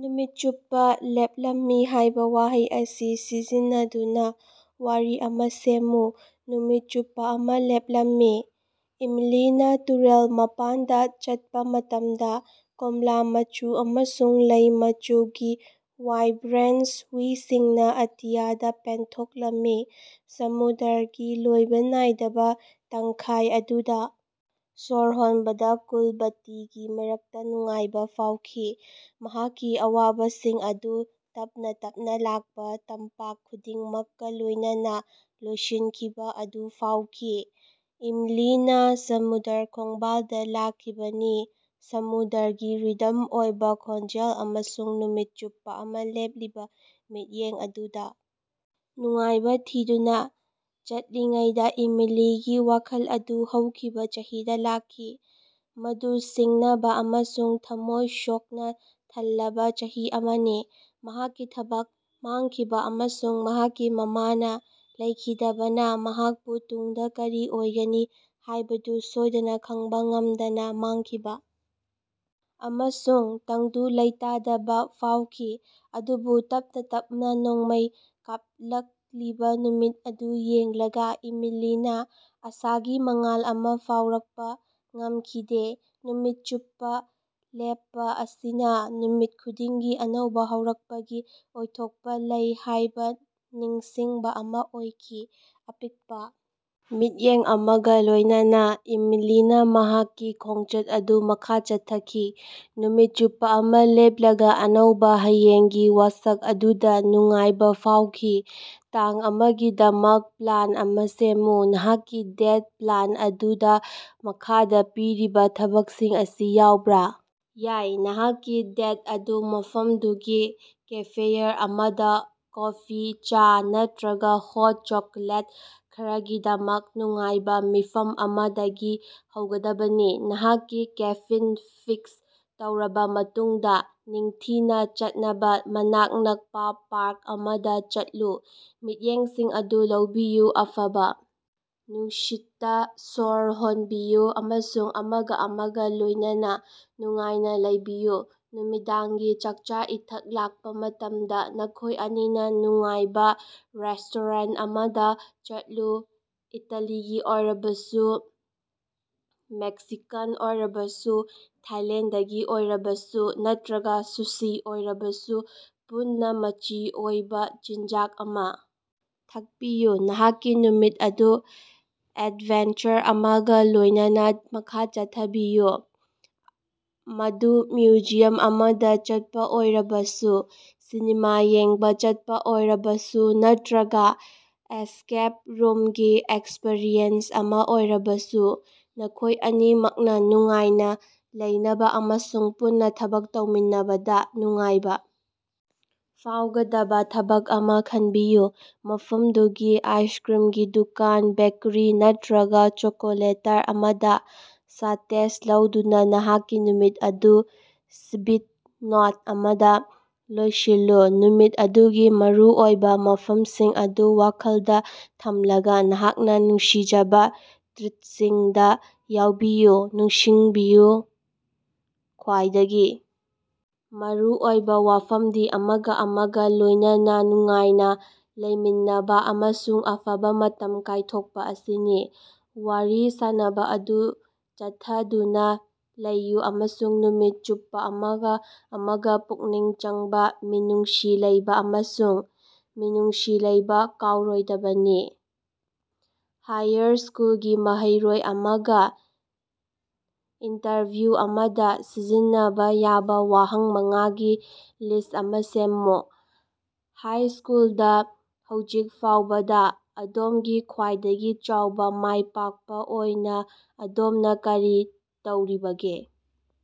ꯅꯨꯃꯤꯠ ꯆꯨꯞꯄ ꯂꯦꯞꯂꯝꯃꯤ ꯍꯥꯏꯕ ꯋꯥꯍꯩ ꯑꯁꯤ ꯁꯤꯖꯤꯟꯅꯗꯨꯅ ꯋꯥꯔꯤ ꯑꯃ ꯁꯦꯝꯃꯨ꯫ ꯅꯨꯃꯤꯠ ꯆꯨꯞꯄ ꯑꯃ ꯂꯦꯞꯂꯝꯃꯤ, ꯏꯃꯤꯂꯤꯅ ꯇꯨꯔꯦꯜ ꯃꯄꯥꯟꯗ ꯆꯠꯄ ꯃꯇꯝꯗ ꯀꯣꯝꯂꯥ ꯃꯆꯨ ꯑꯃꯁꯨꯡ ꯂꯩ ꯃꯆꯨꯒꯤ ꯋꯥꯏꯕ꯭ꯔꯦꯟ ꯍꯨꯏꯁꯤꯡꯅ ꯑꯇꯤꯌꯥꯗ ꯄꯦꯟꯊꯣꯛꯂꯝꯃꯤ꯫ ꯁꯃꯨꯗ꯭ꯔꯒꯤ ꯂꯣꯏꯕ ꯅꯥꯏꯗꯕ ꯇꯪꯈꯥꯏ ꯑꯗꯨꯗ ꯁ꯭ꯋꯔ ꯍꯣꯟꯕꯗ ꯀꯨꯂꯕꯇꯤꯒꯤ ꯃꯔꯛꯇ ꯅꯨꯡꯉꯥꯏꯕ ꯐꯥꯎꯈꯤ, ꯃꯍꯥꯛꯀꯤ ꯑꯋꯥꯕꯁꯤꯡ ꯑꯗꯨ ꯇꯞꯅ ꯇꯞꯅ ꯂꯥꯛꯄ ꯇꯝꯄꯥꯛ ꯈꯨꯗꯤꯡꯃꯛꯀ ꯂꯣꯏꯅꯅ ꯂꯣꯏꯁꯤꯟꯈꯤꯕ ꯑꯗꯨ ꯐꯥꯎꯈꯤ꯫ ꯏꯃꯤꯂꯤꯅ ꯁꯃꯨꯗ꯭ꯔ ꯈꯣꯡꯕꯥꯜꯗ ꯂꯥꯛꯈꯤꯕꯅꯤ, ꯁꯃꯨꯗ꯭ꯔꯒꯤ ꯔꯤꯗꯝ ꯑꯣꯏꯕ ꯈꯣꯟꯖꯦꯜ ꯑꯃꯁꯨꯡ ꯅꯨꯃꯤꯠ ꯆꯨꯞꯄ ꯑꯃ ꯂꯦꯞꯂꯤꯕ ꯃꯤꯠꯌꯦꯡ ꯑꯗꯨꯗ ꯅꯨꯡꯉꯥꯏꯕ ꯊꯤꯗꯨꯅ꯫ ꯆꯠꯂꯤꯉꯩꯗ ꯏꯃꯤꯂꯤꯒꯤ ꯋꯥꯈꯜ ꯑꯗꯨ ꯍꯧꯈꯤꯕ ꯆꯍꯤꯗ ꯂꯥꯛꯈꯤ, ꯃꯗꯨ ꯁꯤꯡꯅꯕ ꯑꯃꯁꯨꯡ ꯊꯝꯃꯣꯏ ꯁꯣꯛꯅ ꯊꯜꯂꯕ ꯆꯍꯤ ꯑꯃꯅꯤ꯫ ꯃꯍꯥꯛꯀꯤ ꯊꯕꯛ ꯃꯥꯡꯈꯤꯕ ꯑꯃꯁꯨꯡ ꯃꯍꯥꯛꯀꯤ ꯃꯃꯥꯅ ꯂꯩꯈꯤꯗꯕꯅ ꯃꯍꯥꯛꯄꯨ ꯇꯨꯡꯗ ꯀꯔꯤ ꯑꯣꯏꯒꯅꯤ ꯍꯥꯏꯕꯗꯨ ꯁꯣꯏꯗꯅ ꯈꯪꯕ ꯉꯝꯗꯅ ꯃꯥꯥꯡꯈꯤꯕ ꯑꯃꯁꯨꯡ ꯇꯪꯗꯨ ꯂꯩꯇꯥꯗꯕ ꯐꯥꯎꯈꯤ꯫ ꯑꯗꯨꯕꯨ ꯇꯞꯅ ꯇꯞꯅ ꯅꯣꯡꯃꯩ ꯀꯥꯞꯂꯛꯂꯤꯕ ꯅꯨꯃꯤꯠ ꯑꯗꯨ ꯌꯦꯡꯂꯒ ꯏꯃꯤꯂꯤꯅ ꯑꯥꯁꯥꯒꯤ ꯃꯉꯥꯜ ꯑꯃ ꯐꯥꯎꯔꯛꯄ ꯉꯝꯈꯤꯗꯦ꯫ ꯅꯨꯃꯤꯠ ꯆꯨꯞꯄ ꯂꯦꯞꯄ ꯑꯁꯤꯅ ꯅꯨꯃꯤꯠ ꯈꯨꯗꯤꯡꯒꯤ ꯑꯅꯧꯕ ꯍꯧꯔꯛꯄꯒꯤ ꯑꯣꯏꯊꯣꯛꯄ ꯂꯩ ꯍꯥꯏꯕ ꯅꯤꯡꯁꯤꯡꯕ ꯑꯃ ꯑꯣꯏꯈꯤ꯫ ꯑꯄꯤꯛꯄ ꯃꯤꯠꯌꯦꯡ ꯑꯃꯒ ꯂꯣꯏꯅꯅ ꯏꯃꯤꯂꯤꯅ ꯃꯍꯥꯛꯀꯤ ꯈꯣꯡꯆꯠ ꯑꯗꯨ ꯃꯈꯥ ꯆꯠꯊꯈꯤ, ꯅꯨꯃꯤꯠ ꯆꯨꯞꯄ ꯑꯃ ꯂꯦꯞꯂꯒ ꯑꯅꯧꯕ ꯍꯌꯦꯡꯒꯤ ꯋꯥꯁꯛ ꯑꯗꯨꯗ ꯅꯨꯡꯉꯥꯏꯕ ꯐꯥꯎꯈꯤ꯫ ꯇꯥꯡ ꯑꯃꯒꯤꯗꯃꯛ ꯄ꯭ꯂꯥꯟ ꯑꯃ ꯁꯦꯝꯃꯨ꯫ ꯅꯍꯥꯛꯀꯤ ꯗꯦꯠ ꯄ꯭ꯂꯥꯟ ꯑꯗꯨꯗ ꯃꯈꯥꯗ ꯄꯤꯔꯤꯕ ꯊꯕꯛꯁꯤꯡ ꯑꯁꯤ ꯌꯥꯎꯕ ꯌꯥꯏ: ꯅꯍꯥꯛꯀꯤ ꯗꯦꯠ ꯑꯗꯨ ꯃꯐꯝꯗꯨꯒꯤ ꯀꯦꯐꯦꯌꯔ ꯑꯃꯗ ꯀꯣꯐꯤ, ꯆꯥ ꯅꯠꯇ꯭ꯔꯒ ꯍꯣꯠ ꯆꯣꯀꯣꯂꯦꯠ ꯈꯔꯒꯤꯗꯃꯛ ꯅꯨꯡꯉꯥꯏꯕ ꯃꯤꯐꯝ ꯑꯃꯗꯒꯤ ꯍꯧꯒꯗꯕꯅꯤ꯫ ꯅꯍꯥꯛꯀꯤ ꯀꯦꯐꯤꯟ ꯐꯤꯛꯁ ꯇꯧꯔꯕ ꯃꯇꯨꯡꯗ, ꯅꯤꯡꯊꯤꯅ ꯆꯠꯅꯕ ꯃꯅꯥꯛ ꯅꯛꯄ ꯄꯥꯔꯛ ꯑꯃꯗ ꯆꯠꯂꯨ꯫ ꯃꯤꯠꯌꯦꯡꯁꯤꯡ ꯑꯗꯨ ꯂꯧꯕꯤꯌꯨ, ꯑꯐꯕ ꯅꯨꯡꯁꯤꯠꯇ ꯁ꯭ꯋꯔ ꯍꯣꯟꯕꯤꯌꯨ ꯑꯃꯁꯨꯡ ꯑꯃꯒ ꯑꯃꯒ ꯂꯣꯏꯅꯅ ꯅꯨꯡꯉꯥꯏꯅ ꯂꯩꯕꯤꯌꯨ꯫ ꯅꯨꯃꯤꯗꯥꯡꯒꯤ ꯆꯥꯀꯆꯥ-ꯏꯊꯛ ꯂꯥꯛꯄ ꯃꯇꯝꯗ, ꯅꯈꯣꯏ ꯑꯅꯤꯅ ꯅꯨꯡꯉꯥꯏꯕ ꯔꯦꯁꯇꯣꯔꯦꯟꯠ ꯑꯃꯗ ꯆꯠꯂꯨ꯫ ꯏꯇꯥꯂꯤꯒꯤ ꯑꯣꯏꯔꯕꯁꯨ, ꯃꯦꯛꯁꯤꯀꯥꯟ ꯑꯣꯏꯔꯕꯁꯨ, ꯊꯥꯏꯂꯦꯟꯗꯒꯤ ꯑꯣꯏꯔꯕꯁꯨ, ꯅꯠꯇ꯭ꯔꯒ ꯁꯨꯁꯤ ꯑꯣꯏꯔꯕꯁꯨ, ꯄꯨꯟꯅ ꯃꯆꯤ ꯑꯣꯏꯕ ꯆꯤꯟꯖꯥꯛ ꯑꯃ ꯊꯛꯄꯤꯌꯨ꯫ ꯅꯍꯥꯛꯀꯤ ꯅꯨꯃꯤꯠ ꯑꯗꯨ ꯑꯦꯗꯚꯦꯟꯆꯔ ꯑꯃꯒ ꯂꯣꯏꯅꯅ ꯃꯈꯥ ꯆꯠꯊꯕꯤꯌꯨ, ꯃꯗꯨ ꯃ꯭ꯌꯨꯖꯤꯌꯝ ꯑꯃꯗ ꯆꯠꯄ ꯑꯣꯏꯔꯕꯁꯨ, ꯁꯤꯅꯦꯃꯥ ꯌꯦꯡꯅꯕ ꯆꯠꯄ ꯑꯣꯏꯔꯕꯁꯨ ꯅꯠꯇ꯭ꯔꯒ ꯑꯦꯁꯀꯦꯞ ꯔꯨꯝꯒꯤ ꯑꯦꯛꯁꯄꯔꯤꯌꯦꯟꯁ ꯑꯃ ꯑꯣꯏꯔꯕꯁꯨ꯫ ꯅꯈꯣꯏ ꯑꯅꯤꯃꯛꯅ ꯅꯨꯡꯉꯥꯏꯅ ꯂꯩꯅꯕ ꯑꯃꯁꯨꯡ ꯄꯨꯟꯅ ꯊꯕꯛ ꯇꯧꯃꯤꯟꯅꯕꯗ ꯅꯨꯡꯉꯥꯏꯕ ꯐꯥꯎꯒꯗꯕ ꯊꯕꯛ ꯑꯃ ꯈꯟꯕꯤꯌꯨ꯫ ꯃꯐꯝꯗꯨꯒꯤ ꯑꯥꯏꯁꯀ꯭ꯔꯤꯝꯒꯤ ꯗꯨꯀꯥꯟ, ꯕꯦꯀꯔꯤ ꯅꯠꯇ꯭ꯔꯒ ꯆꯣꯀꯣꯂꯦꯇꯔ ꯑꯃꯗ ꯁꯥꯗꯦꯁ ꯂꯧꯗꯨꯅ ꯅꯍꯥꯛꯀꯤ ꯅꯨꯃꯤꯠ ꯑꯗꯨ ꯁ꯭ꯕꯤꯠ ꯅꯣꯠ ꯑꯃꯗ ꯂꯣꯏꯁꯤꯜꯂꯨ꯫ ꯅꯨꯃꯤꯠ ꯑꯗꯨꯒꯤ ꯃꯔꯨꯑꯣꯏꯕ ꯋꯥꯐꯝꯁꯤꯡ ꯑꯗꯨ ꯋꯥꯈꯜꯗ ꯊꯝꯂꯒ ꯅꯍꯥꯛꯅ ꯅꯨꯡꯁꯤꯖꯕ ꯇ꯭ꯔꯤꯠꯁꯤꯡꯗ ꯌꯥꯎꯕꯤꯌꯨ꯫ ꯅꯤꯡꯁꯤꯡꯕꯤꯌꯨ, ꯈ꯭ꯋꯥꯏꯗꯒꯤ ꯃꯔꯨ ꯑꯣꯏꯕ ꯋꯥꯐꯝꯗꯤ ꯑꯃꯒ ꯑꯃꯒ ꯂꯣꯏꯅꯅ ꯅꯨꯡꯉꯥꯏꯅ ꯂꯩꯃꯤꯟꯅꯕ ꯑꯃꯁꯨꯡ ꯑꯐꯕ ꯃꯇꯝ ꯀꯥꯏꯊꯣꯛꯄ ꯑꯁꯤꯅꯤ꯫ ꯋꯥꯔꯤ ꯁꯥꯅꯕ ꯑꯗꯨ ꯆꯠꯊꯗꯨꯅ ꯂꯩꯌꯨ ꯑꯃꯁꯨꯡ ꯅꯨꯃꯤꯠ ꯆꯨꯞꯄ ꯑꯃꯒ ꯑꯃꯒ ꯄꯨꯛꯅꯤꯡ ꯆꯪꯕ, ꯃꯤꯅꯨꯡꯁꯤ ꯂꯩꯕ ꯑꯃꯁꯨꯡ ꯃꯤꯅꯨꯡꯁꯤ ꯂꯩꯕ ꯀꯥꯎꯔꯣꯏꯗꯕꯅꯤ꯫ ꯍꯥꯌꯔ ꯁ꯭ꯀꯨꯜꯒꯤ ꯃꯍꯩꯔꯣꯏ ꯑꯃꯒ ꯏꯟꯇꯔꯚꯤꯎ ꯑꯃꯗ ꯁꯤꯖꯤꯟꯅꯕ ꯌꯥꯕ ꯋꯥꯍꯪ ꯃꯉꯥꯒꯤ ꯂꯤꯁ꯭ꯠ ꯑꯃ ꯁꯦꯝꯃꯨ꯫ ꯍꯥꯏꯁ꯭ꯀꯜꯗ ꯍꯧꯖꯤꯛ ꯐꯥꯎꯕꯗ ꯑꯗꯣꯝꯒꯤ ꯈ꯭ꯋꯥꯏꯗꯒꯤ ꯆꯥꯎꯕ ꯃꯥꯏꯄꯥꯛꯄ ꯑꯣꯏꯅ ꯑꯗꯣꯝꯅ ꯀꯔꯤ ꯂꯧꯔꯤꯕꯒꯦ?